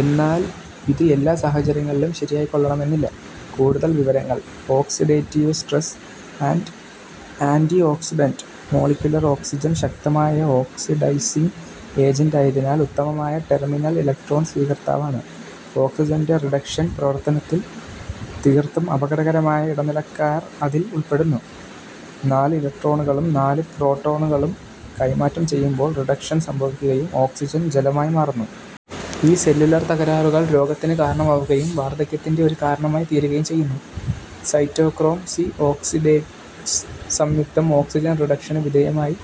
എന്നാൽ ഇത് എല്ലാ സാഹചര്യങ്ങളിലും ശരിയായിക്കൊള്ളണമെന്നില്ല. കൂടുതൽ വിവരങ്ങൾ: oxidative stress and antioxidant molecular oxygen ശക്തമായ ഓക്സിഡൈസിങ് ഏജന്റ് ആയതിനാൽ ഉത്തമമായ ടെർമിനൽ ഇലക്ട്രോൺ സ്വീകർത്താവാണ്. ഓക്സിജൻറെ റിഡക്ഷൻ പ്രവർത്തനത്തിൽ തീർത്തും അപകടകരമായ ഇടനിലക്കാർ അതിൽ ഉൾപ്പെടുന്നു. നാല് ഇലക്ട്രോണുകളും നാല് പ്രോട്ടോണുകളും കൈമാറ്റം ചെയ്യുമ്പോൾ റിഡക്ഷൻ സംഭവിക്കുകയും ഓക്സിജൻ ജലമായി മാറുന്നു. ഈ സെല്ലുലാർ തകരാറുകൾ രോഗത്തിന് കാരണമാവുകയും, വാർധക്യത്തിന്റെ ഒരു കാരണമായി തീരുകയും ചെയ്യുന്നു. സൈറ്റോക്രോം സി ഓക്സിഡേസ് സംയുക്തം ഓക്സിജൻ റിഡക്ഷന് വിധേയമായി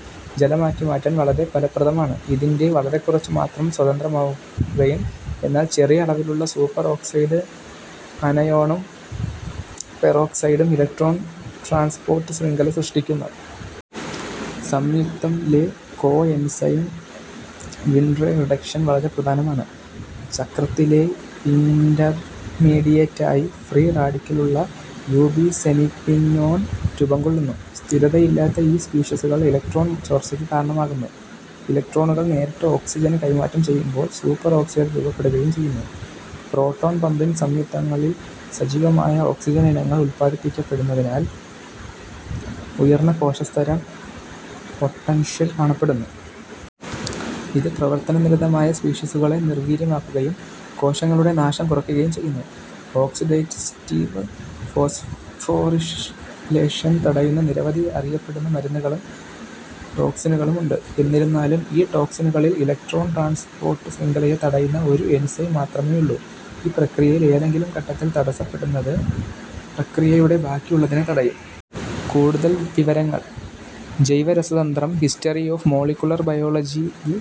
ജലമാക്കി മാറ്റാൻ വളരെ ഫലപ്രദമാണ്. ഇതിൻറെ വളരെക്കുറച്ചു മാത്രം സ്വതന്ത്രമാകുകയും എന്നാൽ ചെറിയ അളവിലുള്ള സൂപ്പർ ഓക്സൈഡ് ആനയോണും പെറോക്സൈഡും ഇലക്ട്രോൺ ട്രാൻസ്പോർട്ട് ശൃംഖല സൃഷ്ടിക്കുന്നു. സംയുക്തം ലെ കോഎൻസൈം വിൻറെ റിഡക്ഷൻ വളരെ പ്രധാനമാണ്. ചക്രത്തിലെ ഇൻറർമീഡിയേറ്റ് ആയി ഫ്രീ റാഡിക്കലുള്ള യൂബിസെമിക്വിനോൺ രൂപംകൊള്ളുന്നു. സ്ഥിരതയില്ലാത്ത ഈ സ്പീഷീസുകൾ ഇലക്ട്രോൺ ചോർച്ചയ്ക്ക് കാരണമാകുന്നു. ഇലക്ട്രോണുകൾ നേരിട്ട് ഓക്സിജന് കൈമാറ്റം ചെയ്യുമ്പോൾ സൂപ്പർ ഓക്സൈഡ് രൂപപ്പെടുകയും ചെയ്യുന്നു. പ്രോട്ടോൺ-പമ്പിംഗ് സംയുക്തങ്ങളിൽ സജീവമായ ഓക്സിജൻ ഇനങ്ങൾ ഉത്പാദിപ്പിക്കപ്പെടുന്നതിനാൽ, ഉയർന്ന കോശസ്തര പൊട്ടൻഷ്യൽ കാണപ്പെടുന്നു. ഇത് പ്രവർത്തനനിരതമായ സ്പീഷീസുകളെ നിർവീര്യമാക്കുകയും കോശങ്ങളുടെ നാശം കുറയ്ക്കുകയും ചെയ്യുന്നു. ഓക്സിഡേറ്റീവ് ഫോസ്ഫോറിലേഷൻ തടയുന്ന നിരവധി അറിയപ്പെടുന്ന മരുന്നുകളും ടോക്സിനുകളും ഉണ്ട്. എന്നിരുന്നാലും ഈ ടോക്സിനുകളിൽ ഇലക്ട്രോൺ ട്രാൻസ്പോർട്ട് ശൃംഖലയെ തടയുന്ന ഒരു എൻസൈം മാത്രമേയുള്ളൂ. ഈ പ്രക്രിയയിൽ ഏതെങ്കിലും ഘട്ടത്തിൽ തടസ്സപ്പെടുത്തുന്നത് പ്രക്രിയയുടെ ബാക്കിയുള്ളതിനെ തടയുന്നു. കൂടുതൽ വിവരങ്ങൾ: ജൈവരസതന്ത്രം, ഹിസ്റ്ററി ഓഫ് മോളികുലർ ബയോളജി ൽ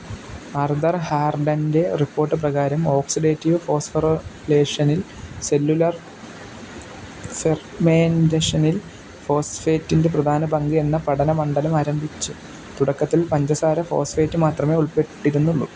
ആർതർ ഹാർഡൻറെ റിപ്പോർട്ട് പ്രകാരം ഓക്സിഡേറ്റീവ് ഫോസ്ഫോറിലേഷനിൽ സെല്ലുലാർ ഫെർമെന്റേഷനിൽ ഫോസ്ഫേറ്റിന്റെ പ്രധാന പങ്ക് എന്ന പഠനമണ്ഡലം ആരംഭിച്ചു. തുടക്കത്തിൽ പഞ്ചസാര ഫോസ്ഫേറ്റ് മാത്രമേ ഉൾപ്പെട്ടിരുന്നുള്ളൂ.